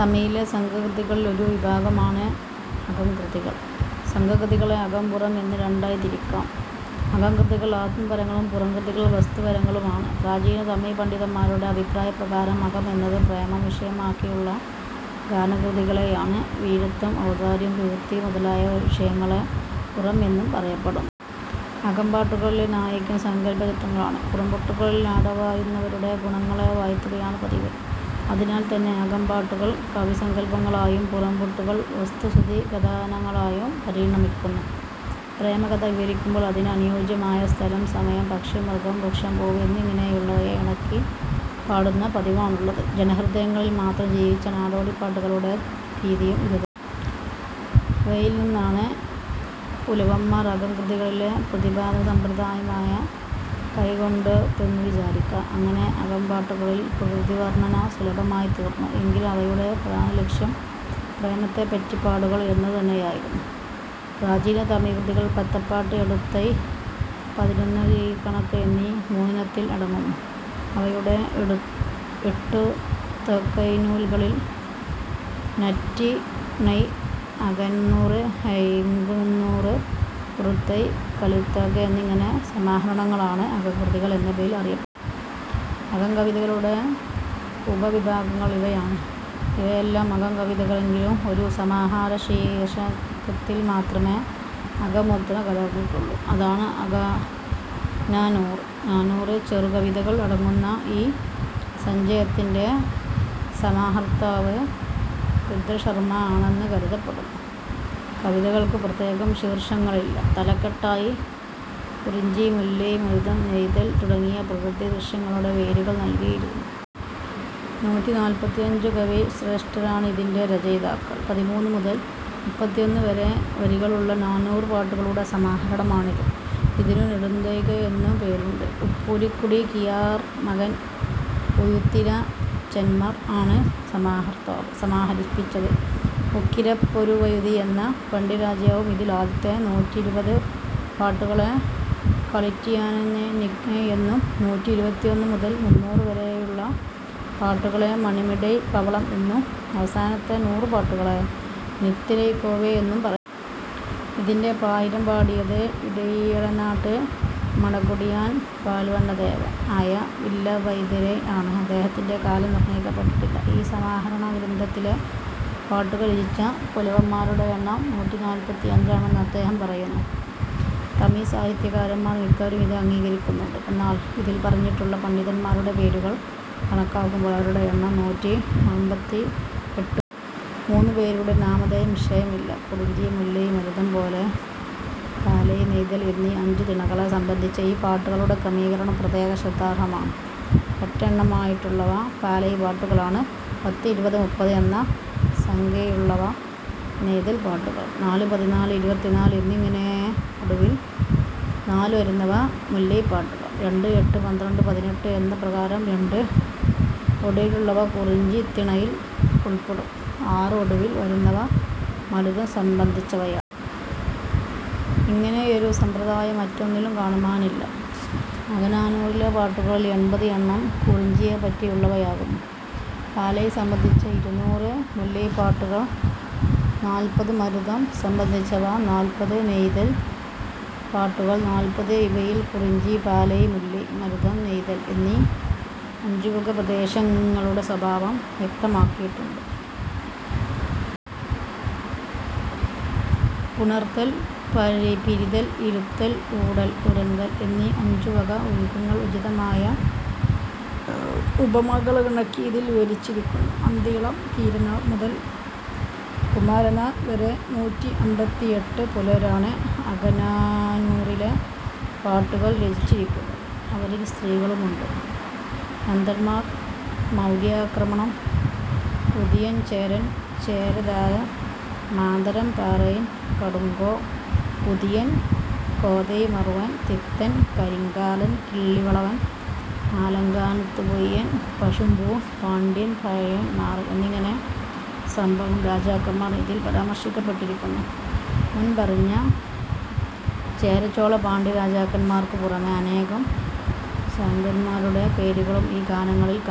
തമിഴിലെ സംഘകൃതികളിൽ ഒരു വിഭാഗമാണ് അകംകൃതികൾ. സംഘംകൃതികളെ അകം, പുറം എന്ന് രണ്ടായി തിരിക്കാം. അകംകൃതികൾ ആത്മപരങ്ങളും പുറംകൃതികൾ വസ്തുപരങ്ങളും ആണ്. പ്രാചീന തമിഴ് പണ്ഡിതന്മാരുടെ അഭിപ്രായപ്രകാരം അകം എന്നത് പ്രേമം വിഷയമാക്കിയുള്ള ഗാനകൃതികളെയാണ്. വീരത്വം, ഔദാര്യം, കീർത്തി മുതലായ വിഷയങ്ങളെ 'പുറം' എന്നും പറയപ്പെടുന്നു. അകംപാട്ടുകളിലെ നായകൻ സങ്കല്പപാത്രങ്ങളാണ്. പുറംപാട്ടുകളിൽ നാടുവാഴുന്നവരുടെ ഗുണങ്ങളെ വാഴ്ത്തുകയാണ് പതിവ്. അതിനാൽതന്നെ അകംപാട്ടുകള് കവിസങ്കല്പങ്ങളായും പുറംപാട്ടുകള് വസ്തുസ്ഥിതികഥനങ്ങളായും പരിണമിക്കുന്നു. പ്രേമകഥ വിവരിക്കുമ്പോൾ അതിന് അനുയോജ്യമായ സ്ഥലം, സമയം, പക്ഷി, മൃഗം, വൃക്ഷം, പൂവ് എന്നിങ്ങനെയുള്ളവയെ ഇണക്കി പാടുന്ന പതിവാണുള്ളത്. ജനഹൃദയങ്ങളിലൽ മാത്രം ജീവിച്ച നാടോടിപ്പാട്ടുകളുടെ രീതിയും ഇതുതന്നെ. അവയിൽ നിന്നാണ് പുലവന്മാർ അകംകൃതികളിലെ പ്രതിപാദനസമ്പ്രദായം കൈക്കൊണ്ടതെന്നു വിചാരിക്കാം. അങ്ങനെ അകംപാട്ടുകളിൽ പ്രകൃതിവർണന സുലഭമായിത്തീർന്നു. എങ്കിലും അവയുടെ പ്രധാനലക്ഷ്യം പ്രേമത്തെപ്പറ്റി പാടുക എന്നതുതന്നെയായിരുന്നു. പ്രാചീന തമിഴ്കൃതികൾ പത്തുപ്പാട്ട്, എട്ടുത്തൊകൈ, പതിനെണ്കീഴ്കണക്ക് എന്നീ മൂന്നിനത്തിൽ അടങ്ങുന്നു. അവയുടെ എട്ടുത്തൊകൈനൂൽകളിൽ നറ്റിണൈ, അകനാനൂറ്, ഐങ്കുറുന്നൂറ്, കുറുന്തൊകൈ, കലിത്തൊകൈ എന്നിങ്ങനെ സമാഹാരഗ്രന്ഥങ്ങളാണ് അകംകൃതികൾ എന്ന പേരിൽ അറിയപ്പെടുന്നത്. അകം കവിതകളുടെ ഉപവിഭാഗങ്ങൾ ഇവയാണ്. ഇവയെല്ലാം അകം കവിതകളെങ്കിലും ഒരു സമാഹാര ശീർഷകത്തിൽ മാത്രമേ 'അകം'മുദ്ര കലർന്നിട്ടുള്ളൂ. അതാണ് അകനാനൂറ്. നാനൂറ് ചെറു കവിതകൾ അടങ്ങുന്ന ഈ സഞ്ചയത്തിന്റെ സമാഹർത്താവ് രുദ്രശർമ്മാ ആണെന്ന് കരുതപ്പെടുന്നു. കവിതകൾക്കു പ്രത്യേകം ശീർഷകങ്ങളില്ല. തലക്കെട്ടായി പാലൈ, കുറിഞ്ചി, മുല്ലൈ, മരുതം, നെയ്തൽ തുടങ്ങിയ പ്രകൃതി ദൃശ്യങ്ങളുടെ പേരുകൾ നൽകിയിരിക്കുന്നു. നൂറ്റിനാല്പത്തിഅഞ്ചു കവി ശ്രേഷ്ഠന്മാരാണ് ഇതിന്റെ രചയിതാക്കൾ പതിമൂന്ന് മുതൽ മുപ്പത്തിഒന്ന് വരെ വരികളുള്ള നാനൂറ് പാട്ടുകളുടെ സമാഹാരമാണിത്. ഇതിനു 'നെടുന്തൊകൈ' എന്നും പേരുണ്ട്. ഉപ്പൂരികുടികിഴാർമകൻ ഉരുത്തിര ചൻമൻ ആണ് സമാഹർത്താവ്; സമാഹരിപ്പിച്ചത് ഉക്കിരപ്പെരുവഴുതി എന്ന പാണ്ഡ്യരാജാവും. ഇതിൽ ആദ്യത്തെ നൂറ്റിഇരുപത് പാട്ടുകളെ 'കളിറ്റിയാനൈ നിരൈ' എന്നും നൂറ്റിഇരുപത്തിഒന്ന് മുതൽ മുന്നൂറ് വരെയുള്ള പാട്ടുകളെ 'മണിമിടൈ പവളം' എന്നും അവസാനത്തെ നൂറ് പാട്ടുകളെ 'നിത്തിലക്കോവൈ' എന്നും പറയുന്നു. ഇതിന്റെ പായിരം പാടിയത് 'ഇടൈയളനാട്ട് മണക്കുടിയാൻ പാൽവണ്ണതേവൻ' ആയ വില്ലവതരൈയൻ ആണ്. അദ്ദേഹത്തിന്റെ കാലം നിർണയിക്കപ്പെട്ടിട്ടില്ല. ഈ സമാഹാരഗ്രന്ഥത്തിലെ പാട്ടുകൾ രചിച്ച പുലവൻമാരുടെ എണ്ണം നൂറ്റിനാല്പത്തിഅഞ്ചാണെന്ന് അദ്ദേഹം പറയുന്നു. തമിഴ് സാഹിത്യകാരന്മാർ മിക്കവരും ഇത് അംഗീകരിക്കുന്നുണ്ട്. എന്നാൽ ഇതിൽ പറഞ്ഞിട്ടുള്ള പണ്ഡിതന്മാരുടെ പേരുകൾ കണക്കാക്കുമ്പോൾ അവരുടെ എണ്ണം നൂറ്റിഅമ്പത്തിഎട്ടുവരും. മൂന്നുപേരുടെ നാമധേയം നിശ്ചയമില്ല. കുറിഞ്ചി, മുല്ലൈ, മരുതം, പാലൈ, നെയ്തൽ എന്നീ അഞ്ചു തിണകളെ സംബന്ധിച്ച ഈ പാട്ടുകളുടെ ക്രമീകരണം പ്രത്യേകം ശ്രദ്ധാർഹമാണ്. ഒറ്റ എണ്ണമായിട്ടുള്ളവ പാലൈപ്പാട്ടുകളാണ്; പത്ത്, ഇരുപത്, മുപ്പത് എന്ന സംഖ്യയുള്ളവ നെയ്തൽപാട്ടുകൾ; നാല്, പതിനാല്, ഇരുപത്തിനാല് എന്നിങ്ങനെ ഒടുവിൽ നാല് വരുന്നവ മുല്ലൈപ്പാട്ടുകൾ; രണ്ട്, എട്ട്, പന്ത്രണ്ട്, പതിനെട്ട് എന്നപ്രകാരം രണ്ട്, എട്ട് ഒടുവിലുള്ളവ കുറിഞ്ചിത്തിണയിൽ ഉൾപ്പെടും; ആറ് ഒടുവിൽ വരുന്നവ മരുതം സംബന്ധിച്ചവയാണ്. ഇങ്ങനെയൊരു സമ്പ്രദായം മറ്റൊന്നിലും കാൺമാനില്ല. അകനാനൂറിലെ പാട്ടുകളിൽ എൺപത് എണ്ണം കുറിഞ്ചിയെപ്പറ്റിയുള്ളവയാകുന്നു; പാലൈ സംബന്ധിച്ച ഇരുനൂറ്; മുല്ലൈപ്പാട്ടുകൾ നാൽപത്; മരുതം സംബന്ധിച്ചവ നാൽപത്; നെയ്തൽ പാട്ടുകൾ നാൽപത്. ഇവയിൽ കുറിഞ്ചി, പാലൈ, മുല്ലൈ, മരുതം, നെയ്തൽ എന്നീ അഞ്ചുവക പ്രദേശങ്ങളുടെ സ്വഭാവം വ്യക്തമാക്കിയിട്ടുണ്ട്. പുണർതൽ, പിരിതൽ, ഇരുത്തൽ, ഊടൽ, ഇരങ്കൽ എന്നീ അഞ്ചുവക ഒഴുക്കങ്ങൾ ഉചിതമായ ഉപമകളിണക്കി ഇതിൽ വിവരിച്ചിരിക്കുന്നു. അന്തിയിളം കീരനാർ മുതൽ വേമ്പറ്റൂർ കുമരനാർ വരെ നൂറ്റിഅമ്പത്തിഎട്ട് പുലവരാണ് അകനാനൂറിലെ പാട്ടുകൾ രചിച്ചിരിക്കുന്നത്. അവരിൽ സ്ത്രീകളുമുണ്ട്. നന്ദൻമാർ, മൗര്യാക്രമണം, ഉതിയൻചേരൻ, ചേരലാതൻ, മാന്തരംപൊറൈയൻ, കടുംകോ, ഉതിയൻ, കോതൈമാർവൻ, തിത്തൻ, കരികാലൻ, കിള്ളിവളവൻ, ആലങ്കാനത്തുചെഴിയൻ, പശുംപൂൺ പാണ്ഡ്യൻ, പഴയൻ മാറൻ എന്നിങ്ങനെ സംഭവങ്ങളും രാജാക്കന്മാരും ഇതിൽ പരാമർശിക്കപ്പെട്ടിരിക്കുന്നു. മുൻപറഞ്ഞ ചേരചോളപാണ്ഡ്യരാജാക്കന്മാർക്കു പുറമേ അനേകം സാമന്തൻമാരുടെ പേരുകളും ഈ ഗാനങ്ങളിൽ കാണാം.